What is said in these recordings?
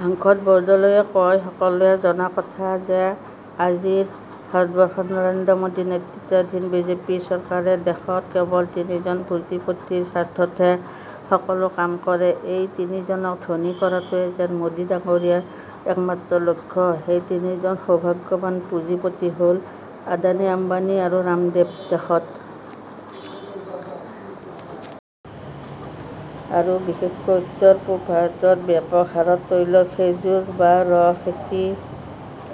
সাংসদ বৰদলৈয়ে কয় সকলোৱে জনা কথা যে আজিৰ ভাৰতবৰ্ষৰ নৰেন্দ্ৰ মোদী নেতৃত্বাধীন বিজেপি চৰকাৰে দেশৰ কেবল তিনিজন পুঁজিপতিৰ স্বাৰ্থতহে সকলো কাম কৰে। এই তিনিজনক ধনী কৰাটোৱেই যেন মোদী ডাঙৰীয়াৰ একমাত্ৰ লক্ষ্য। সেই তিনিজন সৌভাগ্যৱান পুঁজিপতি হ'ল আদানি, আম্বানী আৰু ৰামদেৱ। দেশত আৰু বিশেষকৈ উত্তৰ-পূব ভাৰতত ব্যাপক হাৰত তৈল, খেজুৰ বা ৰ খেতি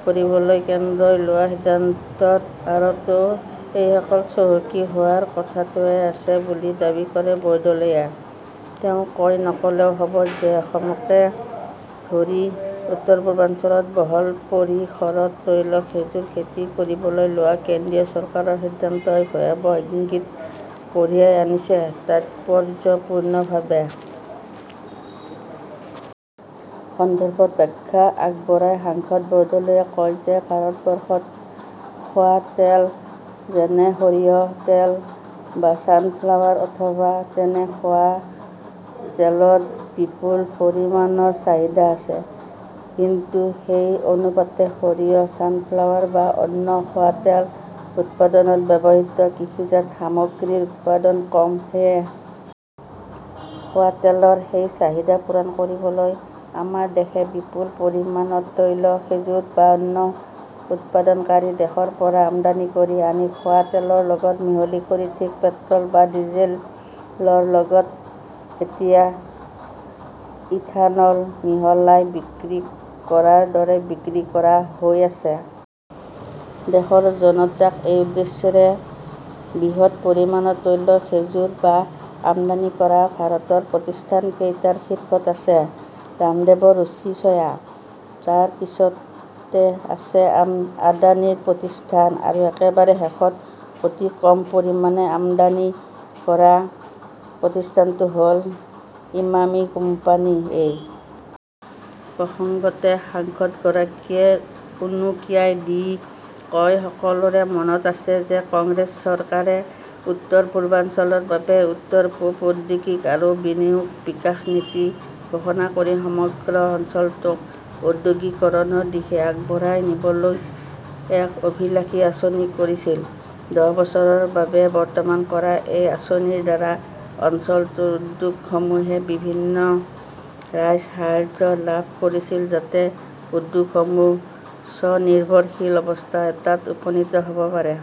কৰিবলৈ কেন্দ্ৰই লোৱা সিদ্ধান্তৰ আঁৰতো এইসকল চহকী হোৱাৰ কথাটোৱে আছে বুলি দাবী কৰে বৰদলৈয়ে। তেওঁ কয়, নকলেও হ'ব যে অসমকে ধৰি উত্তৰ-পূৰ্বাঞ্চলত বহল পৰিসৰত তৈল, খেজুৰ খেতি কৰিবলৈ লোৱা কেন্দ্ৰীয় চৰকাৰৰ সিদ্ধান্তই ভয়াবহ ইংগিত কঢ়িয়াই আনিছে। তাৎপৰ্যপূৰ্ণভাৱে সন্দৰ্ভত বাখ্যা আগবঢ়াই সাংসদ বৰদলৈয়ে কয় যে ভাৰতবৰ্ষত খোৱা তেল যেনে, সঁৰিয়হৰ তেল বা ছানফ্লাৱাৰ অথবা তেনে খোৱা তেলৰ বিপুল পৰিমাণৰ চাহিদা আছে, কিন্তু সেই অনুপাতে সঁৰিয়হ, ছানফ্লাৱাৰ বা অন্য খোৱাতেল উৎপাদনত ব্যৱহৃত কৃষিজাত সামগ্ৰীৰ উৎপাদন কম। সেয়ে খোৱাতেলৰ সেই চাহিদা পূৰণ কৰিবলৈ আমাৰ দেশে বিপুল পৰিমাণৰ তৈল, খেজুৰ বা অন্য উৎপাদনকাৰী দেশৰ পৰা আমদানি কৰি আনি খোৱা তেলৰ লগত মিহলি কৰি ঠিক পেট্ৰল বা ডিজেলৰ লগত এতিয়া ইথানল মিহলাই বিক্ৰী কৰাৰ দৰে বিক্ৰী কৰা হৈ আছে। দেশৰ জনতাক এই উদ্দেশ্যৰে বৃহৎ পৰিমাণৰ তৈল, খেজুৰ বা আমদানি কৰা ভাৰতৰ প্ৰতিষ্ঠান কেইটাৰ শীৰ্ষত আছে ৰামদেৱৰ ৰুচি ছয়া। তাৰ পিছতে আছে আম আদানিৰ প্ৰতিষ্ঠান আৰু একেবাৰে শেষত অতি কম পৰিমাণে আমদানি কৰা প্ৰতিষ্ঠানটো হ'ল ইমামী কোম্পানী। এই প্ৰসংগতে সাংসদগৰাকীয়ে উনুকিয়াই দি কয় সকলোৰে মনত আছে যে কংগ্ৰেছ চৰকাৰে উত্তৰ-পূৰ্বাঞ্চলৰ বাবে উত্তৰ-পূব ঔদ্যোগিক আৰু বিনিয়োগ বিকাশ নীতি ঘোষণা কৰি সমগ্ৰ অঞ্চলটোক ঔদ্যোগিকৰণৰ দিশে আগবঢ়াই নিবলৈ এক অভিলাষী আঁচনি কৰিছিল। দহ বছৰৰ বাবে বৰ্তমান কৰা এই আঁচনিৰ দ্বাৰা অঞ্চলটোৰ উদ্যোগসমূহে বিভিন্ন ৰাজসাহায্য লাভ কৰিছিল যাতে উদ্যোগসমূহ স্বনিৰ্ভৰশীল অৱস্থা এটাত উপনীত হ'ব পাৰে।